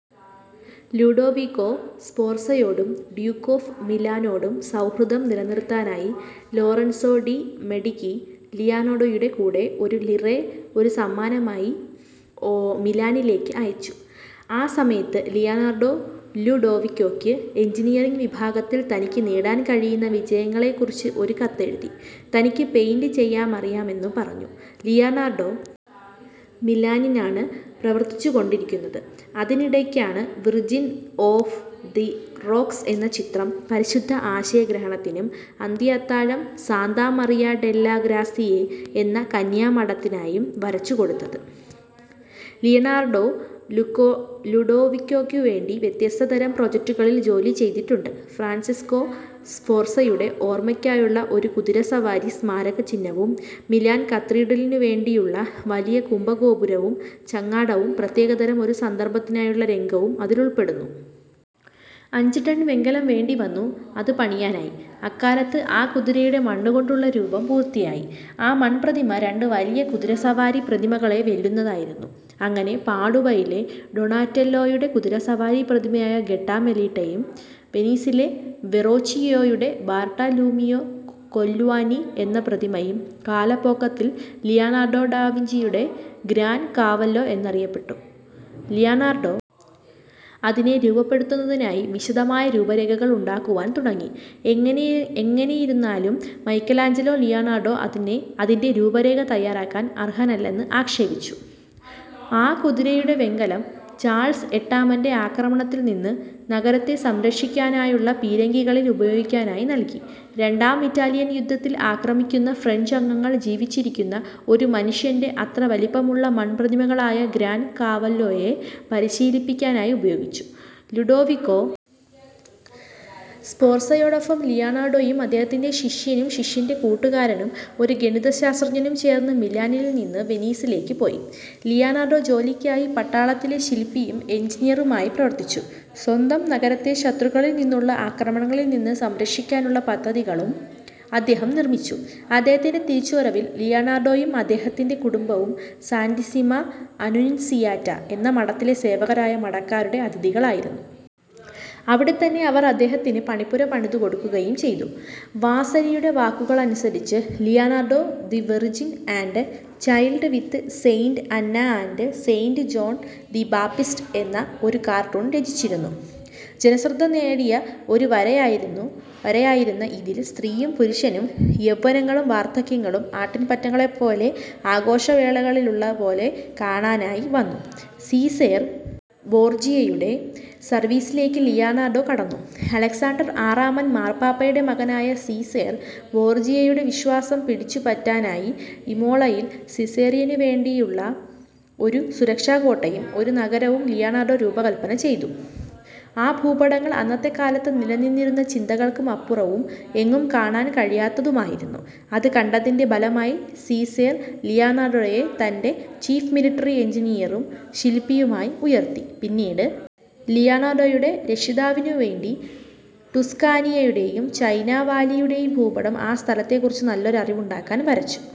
Ludovico സ്ഫോർസയോടും duke of മിലാനോടും സൗഹൃദം നിലനിർത്താനായി ലോറൻസോ ഡി മെഡികി ലിയനാർഡോയുടെ കൂടെ ഒരു ലിറെ ഒരു സമ്മാനമായി ഓ മിലാനിലേക്ക് അയച്ചു. ആ സമയത്ത് ലിയനാർഡോ ലുഡോവിക്കോയ്ക്ക് എഞ്ചിനീയറിങ് വിഭാഗത്തിൽ തനിക്ക് നേടാൻ കഴിയുന്ന വിജയങ്ങളെക്കുറിച്ച് ഒരു കത്തെഴുതി. തനിക്ക് പെയിന്റ് ചെയ്യാനുമറിയാമെന്നും പറഞ്ഞു. ലിയനാർഡോ മിലാനിലാണ് പ്രവർത്തിച്ചുകൊണ്ടിരിക്കുന്നത്. അതിനിടയ്ക്കാണ് വിർജിൻ ഓഫ് ദി റോക്ക്സ് എന്ന ചിത്രം പരിശുദ്ധ ആശയഗ്രഹണത്തിനും, അന്ത്യ അത്താഴം സാന്താ മറിയ ഡെല്ലെ ഗ്രാസിയേ എന്ന കന്യാമഠത്തിനായും വരച്ചുകൊടുത്തത്. ലിയനാർഡോ ലുക്കോ ലുഡോവിക്കോയ്ക്കുവേണ്ടി വ്യത്യസ്തതരം പ്രോജക്റ്റുകളിൽ ജോലിചെയ്തിട്ടുണ്ട്. ഫ്രാൻസെസ്കോ സ്ഫോർസയുടെ ഓർമ്മയ്ക്കായുള്ള ഒരു കുതിരസവാരി സ്മാരകചിഹ്നവും, മിലാൻ കത്തീഡ്രലിനുവേണ്ടിയുള്ള വലിയ കുംഭഗോപുരവും, ചങ്ങാടവും പ്രത്യേകതരം ഒരു സന്ദർഭത്തിനായുള്ള രംഗവും അതിലുൾപ്പെടുന്നു. അഞ്ച് ടൺ വെങ്കലം വേണ്ടി വന്നു അത് പണിയാനായി. അക്കാലത്ത് ആ കുതിരയുടെ മണ്ണുകൊണ്ടുള്ള രൂപം പൂർത്തിയായി. ആ മൺപ്രതിമ രണ്ട് വലിയ കുതിരസവാരി പ്രതിമകളെ വെല്ലുന്നതായിരുന്നു. അങ്ങനെ പാഡുവയിലെ ഡോണറ്റെല്ലോയുടെ കുതിരസവാരി പ്രതിമയായ ഗട്ടാമെലിട്ടയും, വെനീസിലെ വെറോച്ചിയോയുടെ ബാർട്ടലൂമിയോ കോല്ല്യോനി എന്ന പ്രതിമയും കാലപ്പോകത്തിൽ ലിയനാർഡോ ഡാ വിഞ്ചിയുടെ ഗ്രാൻ കാവല്ലോ എന്നറിയപ്പെട്ടു. ലിയനാർഡോ അതിനെ രൂപപ്പെടുത്തുന്നതിനായി വിശദമായ രൂപരേഖകൾ ഉണ്ടാക്കുവാൻ തുടങ്ങി. എങ്ങനെ എങ്ങനെയിരുന്നാലും മൈക്കലാഞ്ചലോ, ലിയനാർഡോ അതിനെ അതിൻ്റെ രൂപരേഖ തയ്യാറാക്കാൻ അർഹനല്ലെന്ന് ആക്ഷേപിച്ചു.ആ കുതിരയുടെ വെങ്കലം ചാൾസ് എട്ടാമൻ്റെ ആക്രമണത്തിൽ നിന്ന് നഗരത്തെ സംരക്ഷിക്കാനായുള്ള പീരങ്കികളിൽ ഉപയോഗിക്കാനായി നൽകി. രണ്ടാം ഇറ്റാലിയൻ യുദ്ധത്തിൽ ആക്രമിക്കുന്ന ഫ്രഞ്ച് അംഗങ്ങൾ ജീവിച്ചിരിക്കുന്ന ഒരു മനുഷ്യൻ്റെ അത്ര വലിപ്പമുള്ള മൺപ്രതിമകളായ ഗ്രാൻ കാവല്ലോയെ പരിശീലിക്കാനായി ഉപയോഗിച്ചു. ലുഡോവികോ സ്ഫോർസയോടൊപ്പം ലിയനാർഡോയും അദ്ദേഹത്തിൻ്റെ ശിഷ്യനും, ശിഷ്യൻ്റെ കൂട്ടുകാരനും, ഒരു ഗണിതശാസ്ത്രജ്ഞനും ചേർന്ന് മിലാനിൽ നിന്ന് വെനീസിലേക്ക് പോയി. ലിയനാർഡോ ജോലിക്കായി പട്ടാളത്തിലെ ശിൽപ്പിയും എഞ്ചിനീയറുമായി പ്രവർത്തിച്ചു. സ്വന്തം നഗരത്തെ ശത്രുക്കളിൽ നിന്നുള്ള ആക്രമണങ്ങളിൽ നിന്ന് സംരക്ഷിക്കാനുള്ള പദ്ധതികളും അദ്ദേഹം നിർമ്മിച്ചു. അദ്ദേഹത്തിൻ്റെ തിരിച്ചുവരവിൽ ലിയനാർഡോയും അദ്ദേഹത്തിൻ്റെ കുടുംബവും സാന്റിസ്സിമാ അനുൻസിയാറ്റാ എന്ന മഠത്തിലെ സേവകരായ മഠക്കാരുടെ അതിഥികളായിരുന്നു. അവിടെത്തന്നെ അവർ അദ്ദേഹത്തിന് പണിപ്പുര പണിതുകൊടുക്കുകയും ചെയ്തു. വാസരിയുടെ വാക്കുകളനുസരിച്ച് Leonardo the Virgin and Child with Saint Anna and Saint John the Baptist എന്ന ഒരു കാർട്ടൂൺ രചിച്ചിരുന്നു. ജനശ്രദ്ധ നേടിയ ഒരു വരയായിരുന്നു വരയായിരുന്ന ഇതിൽ സ്ത്രീയും പുരുഷനും, യൗവനങ്ങളും വാർദ്ധക്യങ്ങളും ആട്ടിൻപറ്റങ്ങളെ പോലെ ആഘോഷവേളകളിലുള്ളപോലെ കാണാനായി വന്നു. സീസേർ ബോർജിയയുടെ സർവീസിലേക്ക് ലിയനാർഡോ കടന്നു. അലക്സാണ്ടർ ആറാമൻ മാർപ്പാപ്പയുടെ മകനായ സീസേർ ബോർജിയയുടെ വിശ്വാസം പിടിച്ചുപറ്റാനായി ഇമോളയിൽ സീസേറിയനുവേണ്ടിയുള്ള ഒരു സുരക്ഷാകോട്ടയും ഒരു നഗരവും ലിയനാർഡോ രൂപകൽപ്പന ചെയ്തു.ആ ഭൂപടങ്ങൾ അന്നത്തെ കാലത്ത് നിലനിന്നിരുന്ന ചിന്തകൾക്കുമപ്പുറവും എങ്ങും കാണാൻ കഴിയാത്തതുമായിരുന്നു. അത് കണ്ടതിൻ്റെ ഫലമായി സീസേർ ലിയനാർഡോയെ തൻ്റെ ചീഫ് മിലിട്ടറി എഞ്ചിനീയറും ശിൽപ്പിയുമായി ഉയർത്തി. പിന്നീട് ലിയനാർഡോയുടെ രക്ഷിതാവിനുവേണ്ടി ടുസ്കാനിയയുടെയും ചൈനാ വാലിയുടെയും ഭൂപടം ആ സ്ഥലത്തെക്കുറിച്ച് നല്ലൊരു അറിവുണ്ടാക്കാൻ വരച്ചു.